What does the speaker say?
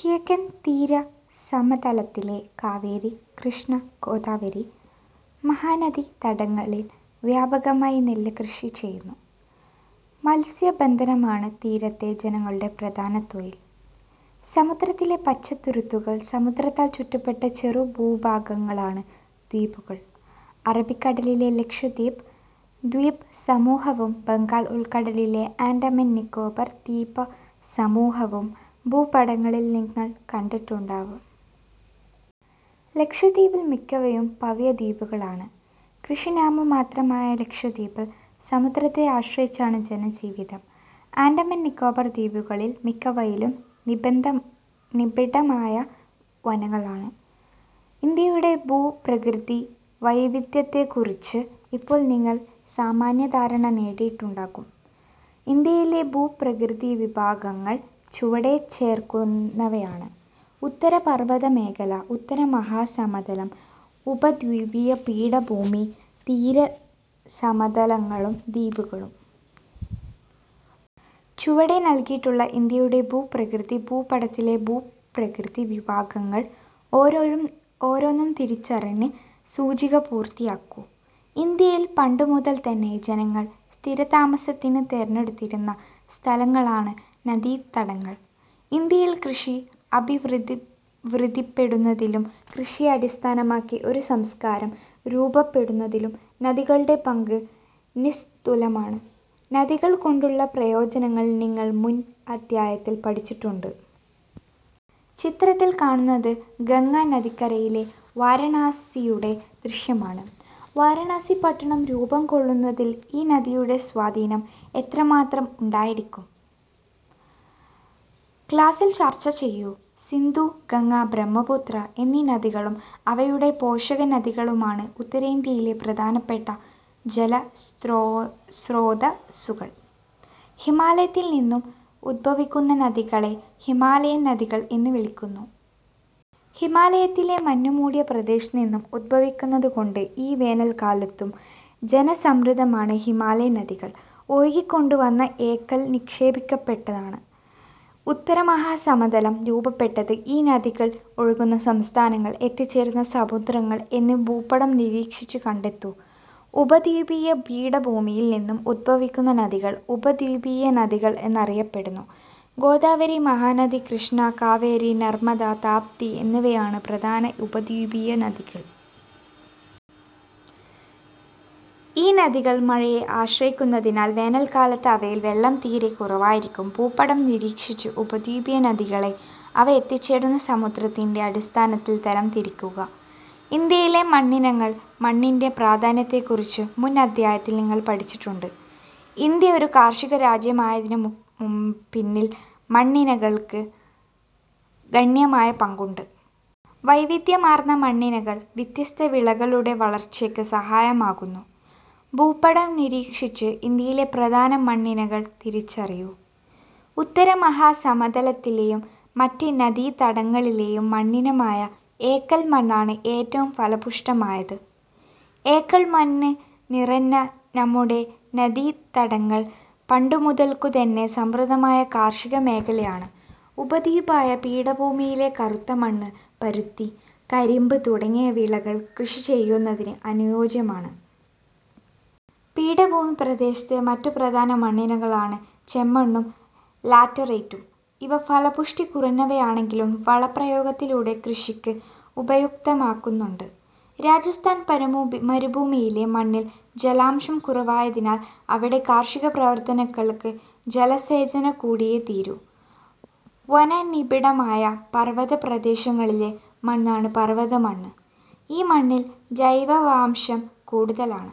കിഴക്കൻ തീരസമതലത്തിലെ കാവേരി, കൃഷ്ണ, ഗോദാവരി, മഹാനദി തടങ്ങളിൽവ്യാപകമായി നെല്ല് കൃഷി ചെയ്യുന്നു. മത്സ്യ ബന്ധനമാണ് തീരത്തെ ജനങ്ങളുടെ പ്രധാന തൊഴിൽ. സമുദ്രത്തിലെ പച്ചത്തുരുത്തുകൾ സമുദ്രത്താൽ ചുറ്റപ്പെട്ട ചെറുഭൂഭാഗങ്ങളാണ് ദ്വീപുകൾ. അറബിക്കടലിലെ ലക്ഷദ്വീപ് ദ്വീപ് സമൂഹവും ബംഗാൾ ഉൾക്കടലിലെ ആൻഡമാൻ, നിക്കോബാർ ദ്വീപസമൂഹവും ഭൂപടങ്ങളിൽ നിങ്ങൾ കണ്ടിട്ടുണ്ടാകും. ലക്ഷദ്വീപിൽ മിക്കവയും പവിഴ ദ്വീപുകളാണ്. കൃഷി നാമ മാത്രമായ ലക്ഷദ്വീപിൽ സമുദ്രത്തെ ആശ്രയിച്ചാണ് ജനജീവിതം. ആൻഡമാൻ, നിക്കോബാർ ദ്വീപുകളിൽ മിക്കവയിലും നിബിഡമായ വനങ്ങളാണ്. ഇന്ത്യയുടെ ഭൂപ്രകൃതി വൈവിധ്യത്തെക്കുറിച്ച് ഇപ്പോൾ നിങ്ങൾ സാമാന്യധാരണ നേടിയിട്ടുണ്ടാകും. ഇന്ത്യയിലെ ഭൂപ്രകൃതി വിഭാഗങ്ങൾ ചുവടെ ചേർക്കുന്നവയാണ്. ഉത്തരപർവ്വതമേഖല, ഉത്തരമഹാസമതലം, ഉപദ്വീപീയ പീഠഭൂമി, തീരസമതലങ്ങളും ദ്വീപുകളും. ചുവടെ നൽകിയിട്ടുള്ള ഇന്ത്യയുടെ ഭൂപ്രകൃതി ഭൂപടത്തിലെ ഭൂപ്രകൃതി വിഭാഗങ്ങൾ ഓരോന്നും തിരിച്ചറിഞ്ഞ് സൂചിക പൂർത്തിയാക്കൂ. ഇന്ത്യയിൽ പണ്ടുമുതൽക്കുതന്നെ ജനങ്ങൾ സ്ഥിരതാമസത്തിന് തെരഞ്ഞെടുത്തിരുന്ന സ്ഥലങ്ങളാണ് നദീതടങ്ങൾ. ഇന്ത്യയിൽ കൃഷി അഭിവൃദ്ധിപ്പെടുന്നതിലും കൃഷിയെ അടിസ്ഥാനമാക്കി ഒരു സംസ്കാരം രൂപപ്പെടുന്നതിലും നദികളുടെ പങ്ക് നിസ്തുലമാണ്. നദികൾ കൊണ്ടുള്ള പ്രയോജനങ്ങൾ നിങ്ങൾ മുൻ അധ്യായത്തിൽ പഠിച്ചിട്ടുണ്ട്. ചിത്രത്തിൽ കാണുന്നത് ഗംഗാ നദിക്കരയിലെ വാരണാസിയുടെ ദൃശ്യമാണ്. വാരണാസി പട്ടണം രൂപം കൊള്ളുന്നതിൽ ഈ നദിയുടെ സ്വാധീനം എത്രമാത്രം ഉണ്ടായിരിക്കാം? ക്ലാസിൽ ചർച്ച ചെയ്യൂ. സിന്ധു, ഗംഗ, ബ്രഹ്മപുത്ര എന്നീ നദികളും അവയുടെ പോഷക നദികളുമാണ് ഉത്തരേന്ത്യയിലെ പ്രധാനപ്പെട്ട ജലസ്രോതസുകൾ. ഹിമാലയത്തിൽനിന്നും ഉത്ഭവിക്കുന്ന നദികളെ ഹിമാലയൻ നദികൾ എന്നു വിളിക്കുന്നു. ഹിമാലയത്തിലെ മഞ്ഞുമൂടിയ പ്രദേശത്തുനിന്ന് ഉത്ഭവിക്കുന്നതുകൊണ്ട് ഇവ വേനൽക്കാലത്തും ജലസമൃദ്ധമാണ്. ഹിമാലയൻ നദികൾ ഒഴുക്കികൊണ്ടുവന്ന എക്കൽ നിക്ഷേപിക്കപ്പെട്ടാണ് ഉത്തരമഹാസമതലം രൂപപ്പെട്ടത്. ഈ നദികൾ ഒഴുകുന്ന സംസ്ഥാനങ്ങൾ, എത്തിച്ചേരുന്ന സമുദ്രങ്ങൾ എന്നിവ ഭൂപടം നിരീക്ഷിച്ച് കണ്ടെത്തൂ. ഉപദ്വീപീയ പീഠഭൂമിയിൽ നിന്നും ഉത്ഭവിക്കുന്ന നദികൾ ഉപദ്വീപീയ നദികൾ എന്നറിയപ്പെടുന്നു. ഗോദാവരി, മഹാനദി, കൃഷ്ണ, കാവേരി, നർമ്മദ, താപ്തി എന്നിവയാണ് പ്രധാന ഉപദ്വീപീയ നദികൾ. ഈ നദികൾ മഴയെ ആശ്രയിക്കുന്നതിനാൽ വേനൽക്കാലത്ത് അവയിൽ വെള്ളം തീരെ കുറവായിരിക്കും. ഭൂപടം നിരീക്ഷിച്ച് ഉപദ്വീപീയ നദികളെ അവ എത്തിച്ചേരുന്ന സമുദ്രത്തിന്റെ അടിസ്ഥാനത്തിൽ തരം തിരിക്കുക. ഇന്ത്യയിലെ മണ്ണിനങ്ങൾ മണ്ണിന്റെ പ്രാധാന്യത്തെക്കുറിച്ച് മുൻ അധ്യായത്തിൽ നിങ്ങൾ പഠിച്ചിട്ടുണ്ട്. ഇന്ത്യ ഒരു കാർഷിക രാജ്യമായതിനുപിന്നിൽ മണ്ണിനങ്ങൾക്ക് ഗണ്യമായ പങ്കുണ്ട്. വൈവിധ്യമാർന്ന മണ്ണിനങ്ങൾ വ്യത്യസ്ത വിളകളുടെ വളർച്ചയ്ക്ക് സഹായകമാകുന്നു. ഭൂപടം നിരീക്ഷിച്ച് ഇന്ത്യയിലെ പ്രധാന മണ്ണിനങ്ങൾ തിരിച്ചറിയൂ. ഉത്തരമഹാസമതലത്തിലെയും മറ്റ് നദീതടങ്ങളിലെയും മണ്ണിനമായ എക്കൽ മണ്ണാണ് ഏറ്റവും ഫലപുഷ്ടമായത്. എക്കൽ മണ്ണ് നിറഞ്ഞ നമ്മുടെ നദീതടങ്ങൾ പണ്ടുമുതൽക്കു തന്നെ സമൃദ്ധമായ കാർഷികമേഖലയാണ്. ഉപദ്വീപീയ പീഠഭൂമിയിലെ കറുത്തമണ്ണ് പരുത്തി, കരിമ്പ് തുടങ്ങിയ വിളകൾ കൃഷി ചെയ്യുന്നതിന് അനുയോജ്യമാണ്. പീഠഭൂമി പ്രദേശത്തെ മറ്റു പ്രധാന മണ്ണിനങ്ങളാണ് ചെമ്മണ്ണും ലാറ്ററൈറ്റും. ഇവ ഫലപുഷ്ടി കുറഞ്ഞവയാണെങ്കിലും വളപ്രയോഗത്തിലൂടെ കൃഷിക്ക് ഉപയുക്തമാക്കുന്നുണ്ട്. രാജസ്ഥാൻ മരുഭൂമിയിലെ മണ്ണിൽ ജലാംശം കുറവായതിനാൽ അവിടെ കാർഷിക പ്രവർത്തനങ്ങൾക്ക് ജല സേചനം കൂടിയേ തീരൂ. വനനിബിഡമായ പർവ്വത പ്രദേശങ്ങളിലെ മണ്ണാണ് പർവത മണ്ണ്. ഈ മണ്ണിൽ ജൈവാംശം കൂടുതലാണ്.